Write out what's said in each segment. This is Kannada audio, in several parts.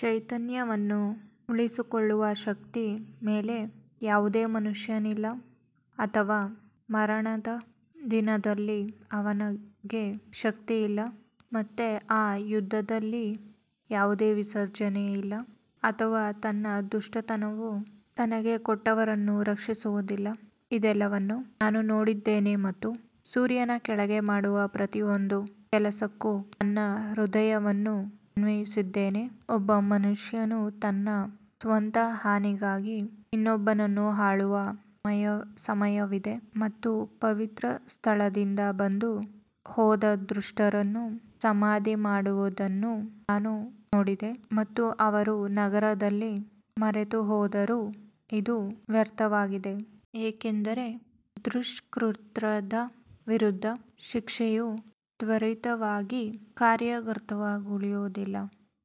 ಚೈತನ್ಯವನ್ನು ಉಳಿಸಿಕೊಳ್ಳುವ ಶಕ್ತಿಯ ಮೇಲೆ ಯಾವುದೇ ಮನುಷ್ಯನಿಲ್ಲ ಅಥವಾ ಮರಣದ ದಿನದಲ್ಲಿ ಅವನಿಗೆ ಶಕ್ತಿಯಿಲ್ಲ ಮತ್ತು ಆ ಯುದ್ಧದಲ್ಲಿ ಯಾವುದೇ ವಿಸರ್ಜನೆ ಇಲ್ಲ ಅಥವಾ ದುಷ್ಟತನವು ತನಗೆ ಕೊಟ್ಟವರನ್ನು ರಕ್ಷಿಸುವುದಿಲ್ಲ ಇದೆಲ್ಲವನ್ನೂ ನಾನು ನೋಡಿದ್ದೇನೆ ಮತ್ತು ಸೂರ್ಯನ ಕೆಳಗೆ ಮಾಡುವ ಪ್ರತಿಯೊಂದು ಕೆಲಸಕ್ಕೂ ನನ್ನ ಹೃದಯವನ್ನು ಅನ್ವಯಿಸಿದ್ದೇನೆ, ಒಬ್ಬ ಮನುಷ್ಯನು ತನ್ನ ಸ್ವಂತ ಹಾನಿಗಾಗಿ ಇನ್ನೊಬ್ಬನನ್ನು ಆಳುವ ಸಮಯವಿದೆ ಮತ್ತು ಪವಿತ್ರ ಸ್ಥಳದಿಂದ ಬಂದು ಹೋದ ದುಷ್ಟರನ್ನು ಸಮಾಧಿ ಮಾಡುವುದನ್ನು ನಾನು ನೋಡಿದೆ ಮತ್ತು ಅವರು ನಗರದಲ್ಲಿ ಮರೆತುಹೋದರು, ಇದು ವ್ಯರ್ಥವಾಗಿದೆ. ಏಕೆಂದರೆ ದುಷ್ಕೃತ್ಯದ ವಿರುದ್ಧ ಶಿಕ್ಷೆಯು ತ್ವರಿತವಾಗಿ ಕಾರ್ಯಗತಗೊಳ್ಳುವುದಿಲ್ಲ,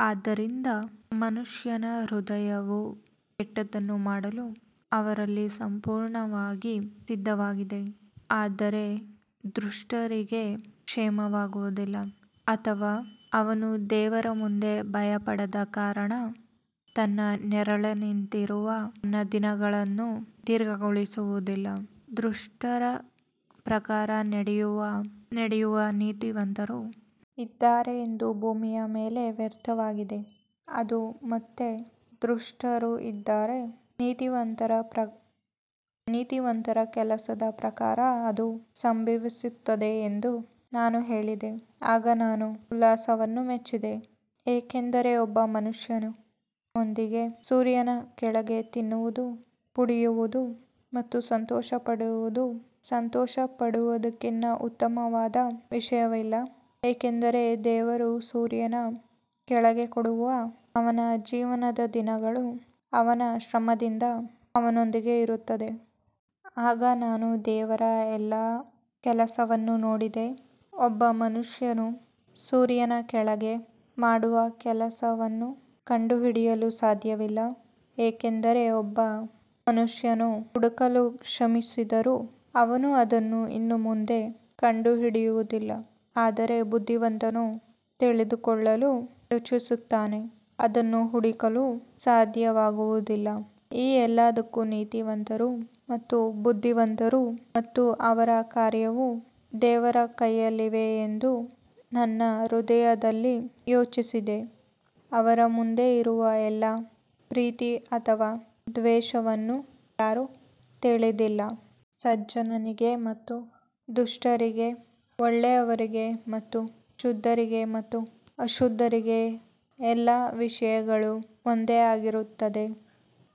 ಆದ್ದರಿಂದ ಮನುಷ್ಯರ ಹೃದಯವು ಕೆಟ್ಟದ್ದನ್ನು ಮಾಡಲು ಅವರಲ್ಲಿ ಸಂಪೂರ್ಣವಾಗಿ ಸಿದ್ಧವಾಗಿದೆ. ಆದರೆ ದುಷ್ಟರಿಗೆ ಅದು ಕ್ಷೇಮವಾಗುವುದಿಲ್ಲ ಅಥವಾ ಅವನು ದೇವರ ಮುಂದೆ ಭಯಪಡದ ಕಾರಣ ನೆರಳಿನಂತಿರುವ ತನ್ನ ದಿನಗಳನ್ನು ದೀರ್ಘಗೊಳಿಸುವುದಿಲ್ಲ. ದುಷ್ಟರ ಕೆಲಸದ ಪ್ರಕಾರ ನಡೆಯುವ ನೀತಿವಂತರು ಇದ್ದಾರೆ ಎಂದು ಭೂಮಿಯ ಮೇಲೆ ವ್ಯರ್ಥವಾಗಿದೆ, ಅದು ಮತ್ತೆ ದುಷ್ಟರು ಇದ್ದಾರೆ, ನೀತಿವಂತರ ಕೆಲಸದ ಪ್ರಕಾರ ಅದು ಸಂಭವಿಸುತ್ತದೆ ಎಂದು ನಾನು ಹೇಳಿದೆ ಆಗ ನಾನು ಉಲ್ಲಾಸವನ್ನು ಮೆಚ್ಚಿದೆ ಏಕೆಂದರೆ ಒಬ್ಬ ಮನುಷ್ಯನಿಗೆ ಸೂರ್ಯನ ಕೆಳಗೆ ತಿನ್ನುವುದು ಮತ್ತು ಕುಡಿಯುವುದು ಮತ್ತು ಸಂತೋಷಪಡುವುದಕ್ಕಿಂತ ಉತ್ತಮವಾದ ವಿಷಯವಿಲ್ಲ, ಏಕೆಂದರೆ ದೇವರು ಸೂರ್ಯನ ಕೆಳಗೆ ಕೊಡುವ ಅವನ ಜೀವನದ ದಿನಗಳು ಅವನ ಶ್ರಮದಿಂದ ಅವನೊಂದಿಗೆ ಇರುತ್ತದೆ. ಆಗ ನಾನು ದೇವರ ಎಲ್ಲಾ ಕೆಲಸವನ್ನು ನೋಡಿದೆ, ಒಬ್ಬ ಮನುಷ್ಯನು ಸೂರ್ಯನ ಕೆಳಗೆ ಮಾಡುವ ಕೆಲಸವನ್ನು ಕಂಡುಹಿಡಿಯಲು ಸಾಧ್ಯವಿಲ್ಲ ಏಕೆಂದರೆ ಒಬ್ಬ ಮನುಷ್ಯನು ಅದನ್ನು ಹುಡುಕಲು ಶ್ರಮಿಸಿದರೂ ಅವನು ಅದನ್ನು ಇನ್ನೂ ಮುಂದೆ ಕಂಡುಹಿಡಿಯುವುದಿಲ್ಲ, ಆದರೆ ಬುದ್ಧಿವಂತನು ಅದನ್ನು ತಿಳಿದುಕೊಳ್ಳಲು ಯೋಚಿಸುತ್ತಾನೆ. ಅದನ್ನು ಹುಡುಕಲು ಸಾಧ್ಯವಾಗುವುದಿಲ್ಲ ಈ ಎಲ್ಲದಕ್ಕೂ ನೀತಿವಂತರು ಮತ್ತು ಬುದ್ಧಿವಂತರು ಮತ್ತು ಅವರ ಕಾರ್ಯಗಳು ದೇವರ ಕೈಯಲ್ಲಿವೆ ಎಂದು ನಾನು ನನ್ನ ಹೃದಯದಲ್ಲಿ ಹೇಳಲು ಯೋಚಿಸಿದೆ, ಅವರ ಮುಂದೆ ಇರುವ ಎಲ್ಲದರಿಂದ ಪ್ರೀತಿ ಅಥವಾ ದ್ವೇಷವನ್ನು ಯಾರೂ ತಿಳಿದಿಲ್ಲ. ಸಜ್ಜನನಿಗೆ ಮತ್ತು ದುಷ್ಟರಿಗೆ ಒಳ್ಳೆಯವರಿಗೆ ಮತ್ತು ಶುದ್ಧರಿಗೆ ಮತ್ತು ಅಶುದ್ಧರಿಗೆ ಎಲ್ಲಾ ವಿಷಯಗಳು ಒಂದೇ ಆಗಿರುತ್ತವೆ,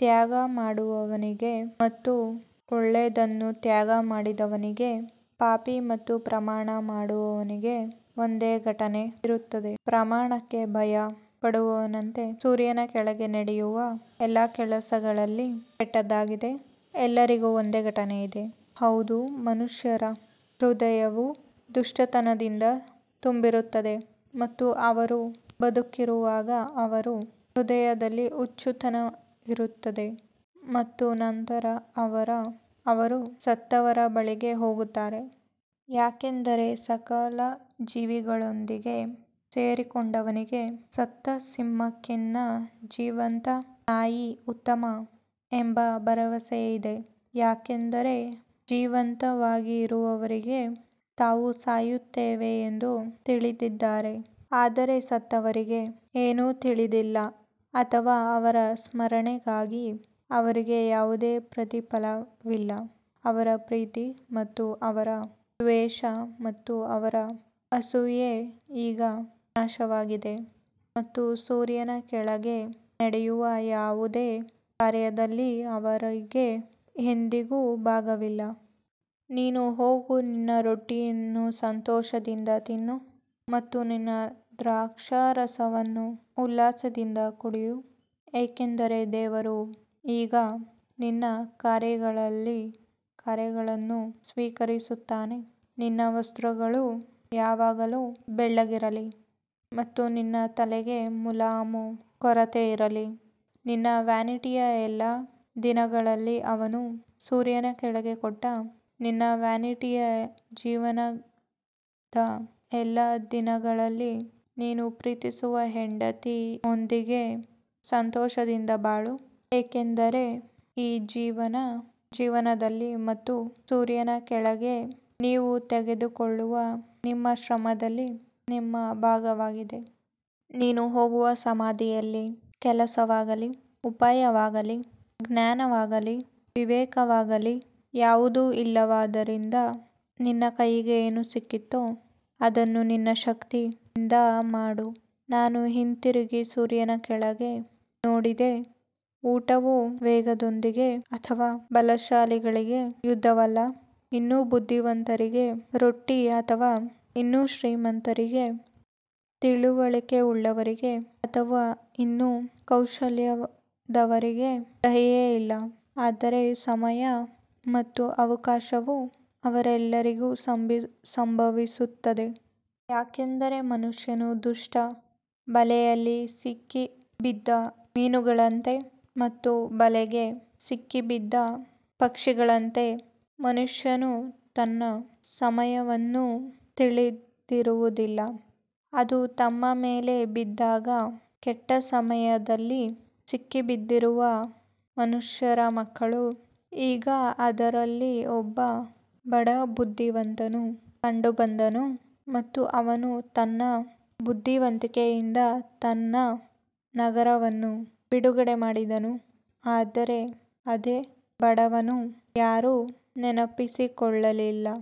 ತ್ಯಾಗ ಮಾಡುವವನಿಗೆ ಮತ್ತು ಒಳ್ಳೆಯದನ್ನು ತ್ಯಾಗ ಮಾಡದವನಿಗೆ ಪಾಪಿ ಮತ್ತು ಪ್ರಮಾಣ ಮಾಡುವವನಿಗೆ ಒಂದೇ ಘಟನೆ ಇರುತ್ತದೆ. ಪ್ರಮಾಣಕ್ಕೆ ಭಯಪಡುವವನಂತೆ ಸೂರ್ಯನ ಕೆಳಗೆ ನಡೆಯುವ ಎಲ್ಲಾ ಕೆಲಸಗಳಲ್ಲಿ ಇದು ಕೆಟ್ಟದ್ದಾಗಿದೆ, ಎಲ್ಲರಿಗೂ ಒಂದೇ ಘಟನೆ ಇದೆ, ಹೌದು, ಮನುಷ್ಯರ ಹೃದಯವು ದುಷ್ಟತನದಿಂದ ತುಂಬಿರುತ್ತದೆ ಮತ್ತು ಅವರು ಬದುಕಿರುವಾಗ ಅವರ ಹೃದಯದಲ್ಲಿ ಹುಚ್ಚುತನವಿರುತ್ತದೆ ಮತ್ತು ನಂತರ ಅವರು ಸತ್ತವರ ಬಳಿಗೆ ಹೋಗುತ್ತಾರೆ. ಯಾಕಂದರೆ ಸಕಲ ಜೀವಿಗಳೊಂದಿಗೆ ಸೇರಿಕೊಂಡವನಿಗೆ ಸತ್ತ ಸಿಂಹಕ್ಕಿಂತ ಜೀವಂತ ನಾಯಿ ಉತ್ತಮ ಎಂಬ ಭರವಸೆ ಇದೆ ಯಾಕಂದರೆ ಜೀವಂತವಾಗಿರುವವರಿಗೆ ತಾವು ಸಾಯುತ್ತೇವೆ ಎಂದು ತಿಳಿದಿದ್ದಾರೆ ಆದರೆ ಸತ್ತವರಿಗೆ ಏನೂ ತಿಳಿದಿಲ್ಲ ಅಥವಾ ಅವರ ಸ್ಮರಣೆಗಾಗಿ ಅವರಿಗೆ ಯಾವುದೇ ಪ್ರತಿಫಲವಿಲ್ಲ ಅವರ ಪ್ರೀತಿ ಮತ್ತು ಅವರ ದ್ವೇಷ ಮತ್ತು ಅವರ ಅಸೂಯೆ ಈಗ ನಾಶವಾಗಿದೆ ಮತ್ತು ಸೂರ್ಯನ ಕೆಳಗೆ ನಡೆಯುವ ಯಾವುದೇ ಕಾರ್ಯದಲ್ಲಿ ಅವರಿಗೆ ಎಂದಿಗೂ ಭಾಗವಿಲ್ಲ. ನೀನು ಹೋಗು ನಿನ್ನ ರೊಟ್ಟಿಯನ್ನು ಸಂತೋಷದಿಂದ ತಿನ್ನು ಮತ್ತು ನಿನ್ನ ದ್ರಾಕ್ಷಾರಸವನ್ನು ಉಲ್ಲಾಸದಿಂದ ಕುಡಿಯು ಏಕೆಂದರೆ ದೇವರು ಈಗ ನಿನ್ನ ಕಾರ್ಯಗಳನ್ನು ಸ್ವೀಕರಿಸುತ್ತಾನೆ ನಿನ್ನ ವಸ್ತ್ರಗಳು ಯಾವಾಗಲೂ ಬೆಳ್ಳಗಿರಲಿ ಮತ್ತು ನಿನ್ನ ತಲೆಗೆ ಮುಲಾಮು ಕೊರತೆಯಿರಲಿ ನಿನ್ನ ವ್ಯಾನಿಟಿಯ ಎಲ್ಲಾ ದಿನಗಳಲ್ಲಿ ಅವನು ಸೂರ್ಯನ ಕೆಳಗೆ ಕೊಟ್ಟ ನಿನ್ನ ವ್ಯಾನಿಟಿಯ ಜೀವನದ ಎಲ್ಲಾ ದಿನಗಳಲ್ಲಿ ನೀನು ಪ್ರೀತಿಸುವ ಹೆಂಡತಿಯೊಂದಿಗೆ ಸಂತೋಷದಿಂದ ಬಾಳು, ಏಕೆಂದರೆ ಈ ಜೀವನದಲ್ಲಿ ಮತ್ತು ಸೂರ್ಯನ ಕೆಳಗೆ ನೀವು ತೆಗೆದುಕೊಳ್ಳುವ ನಿಮ್ಮ ಶ್ರಮದಲ್ಲಿ ನಿಮ್ಮ ಭಾಗವಾಗಿದೆ. ನೀನು ಹೋಗುವ ಸಮಾಧಿಯಲ್ಲಿ ಕೆಲಸವಾಗಲಿ, ಉಪಾಯವಾಗಲಿ, ಜ್ಞಾನವಾಗಲಿ, ವಿವೇಕವಾಗಲಿ ಯಾವುದೂ ಇಲ್ಲವಾದ್ದರಿಂದ ನಿನ್ನ ಕೈಗೆ ಏನು ಸಿಕ್ಕಿತೋ ಅದನ್ನು ನಿನ್ನ ಶಕ್ತಿಯಿಂದ ಮಾಡು. ನಾನು ಹಿಂತಿರುಗಿ ಸೂರ್ಯನ ಕೆಳಗೆ ನೋಡಿದೆ, ಓಟವು ವೇಗದವರಿಗೆ ಅಥವಾ ಬಲಶಾಲಿಗಳಿಗೆ ಯುದ್ಧವಲ್ಲ, ಇನ್ನೂ ಬುದ್ಧಿವಂತರಿಗೆ ರೊಟ್ಟಿ ಅಥವಾ ಇನ್ನೂ ಶ್ರೀಮಂತರಿಗೆ ತಿಳುವಳಿಕೆಯುಳ್ಳವರಿಗೆ ಅಥವಾ ಇನ್ನೂ ಕೌಶಲ್ಯದವರಿಗೆ ದಯೆಯಿಲ್ಲ ಆದರೆ ಸಮಯ ಮತ್ತು ಅವಕಾಶವು ಅವರೆಲ್ಲರಿಗೂ ಸಂಭವಿಸುತ್ತದೆ. ಯಾಕಂದರೆ ಮನುಷ್ಯನು ದುಷ್ಟ ಬಲೆಯಲ್ಲಿ ಸಿಕ್ಕಿಬಿದ್ದ ಮೀನುಗಳಂತೆ ಮತ್ತು ಬಲೆಗೆ ಸಿಕ್ಕಿಬಿದ್ದ ಪಕ್ಷಿಗಳಂತೆ ಮನುಷ್ಯನು ತನ್ನ ಸಮಯವನ್ನು ತಿಳಿದಿರುವುದಿಲ್ಲ, ಅದು ತಮ್ಮ ಮೇಲೆ ಬಿದ್ದಾಗ ಕೆಟ್ಟ ಸಮಯದಲ್ಲಿ ಸಿಕ್ಕಿಬಿದ್ದಿರುವ ಮನುಷ್ಯರ ಮಕ್ಕಳು ಈಗ ಅದರಲ್ಲಿ ಒಬ್ಬ ಬಡ ಬುದ್ಧಿವಂತನು ಕಂಡುಬಂದನು ಮತ್ತು ಅವನು ತನ್ನ ಬುದ್ಧಿವಂತಿಕೆಯಿಂದ ನಗರವನ್ನು ಬಿಡುಗಡೆ ಮಾಡಿದನು, ಆದರೆ ಅದೇ ಬಡವನನ್ನು ಯಾರೂ ನೆನಪಿಸಿಕೊಳ್ಳಲಿಲ್ಲ.